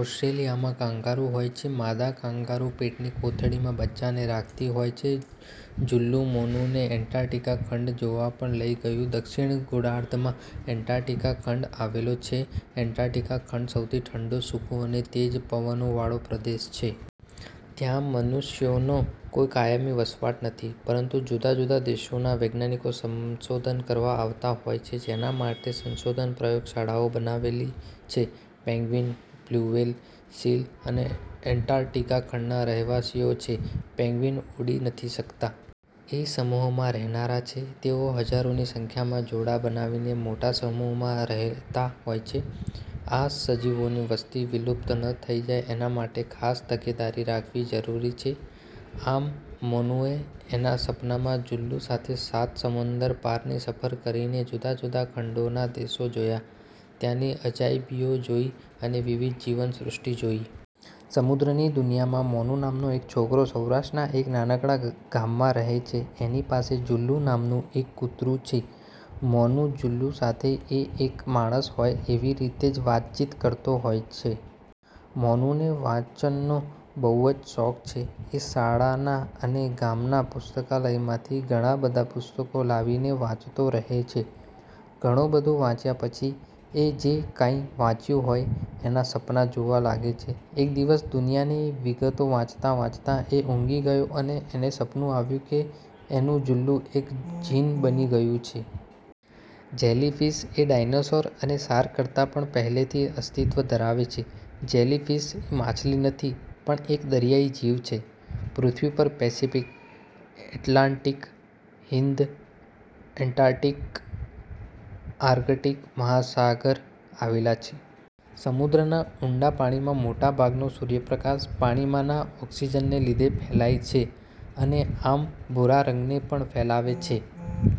ઓસ્ટ્રેલીયામાં kangaroo હોય છે. માદા કાંગારૂ પેટની કોથળીમાં બચ્ચાને રાખતી હોય છે. જુલ્લુ મોનુને એન્ટારટીકા ખંડ જોવા પણ લઇ ગયું. દક્ષિણ ગોળાર્ધમાં એન્ટારટીકા ખંડ આવેલો છે. એન્ટારટીકા ખંડ સૌથી ઠંડો, સુકો અને તેજ પવનો વાળો પ્રદેશ છે. ત્યાં મનુષ્યોનો કોઈ કાયમી વસવાટ નથી. પરંતુ જુદા જુદા દેશોના વૈજ્ઞાનિકો સંશોધન કરવા આવતા હોય છે જેના માટે સંશોધન પ્રયોગશાળાઓ બનાવેલી છે. પેંગ્વિન, બ્લ્યુ વ્હેલ, સીલ એ એન્ટારટીકા ખંડના રહેવાસીઓ છે. પેંગ્વિન ઉડી નથી શકતાં. એ સમૂહમાં રહેનારા છે. તેઓ હજારોની સંખ્યામાં જોડાં બનાવીને મોટા સમૂહમાં રહેતાં હોય છે. આ સજીવોની વસ્તી વિલુપ્ત ન થઇ જાય એના માટે ખાસ તકેદારી રાખવી જરૂરી છે. આમ મોનુએ એના સપનામાં જુલ્લુ સાથે સાત સમંદર પારની સફર કરીને જુદા જુદા ખંડોના દેશો જોયા, ત્યાંની અજાયબીઓ જોઈ અને વિવિધ જીવસૃષ્ટિ જોઈ. સમુદ્રની દુનિયામાં મોનુ નામનો એક છોકરો સૌરાષ્ટ્રના એક નાનકડા ગામમાં રહે છે. એની પાસે જુલ્લુ નામનું એક કૂતરું છે. મોનુ જુલ્લુ સાથે એ એક માણસ હોય એવી રીતે જ વાતચીત કરતો હોય છે. મોનુને વાંચનનો બહુ જ શોખ છે. એ શાળાના અને ગામના પુસ્તકાલયમાંથી ઘણાં બધાં પુસ્તકો લાવીને વાંચતો રહે છે. ઘણું બધું વાંચ્યા પછી એ જે કાંઈ વાંચ્યું હોય એનાં સપનાં જોવા લાગે છે. એક દિવસ દુનિયાની વિગતો વાંચતાં વાંચતાં એ ઊંઘી ગયો અને એને સપનું આવ્યું કે એનું જુલ્લુ એક જીન બની ગયું છે! જેલી ફીશ એ ડાઇનોસોર અને શાર્ક કરતાં પણ પહેલેથી અસ્તિત્વ ધરાવે છે. જેલી ફીશ એ માછલી નથી પણ એક દરિયાઈ જીવ છે. પૃથ્વી પર Pacific, Atlantic, Hind, Antarctic, Arctic મહાસાગર આવેલા છે. સમુદ્રના ઊંડા પાણીમાં મોટા ભાગનો સૂર્યપ્રકાશ પાણીમાંના ઓક્સીજનને લીધે ફેલાઈ જાય છે અને આમ ભૂરા રંગને પણ ફેલાવે છે.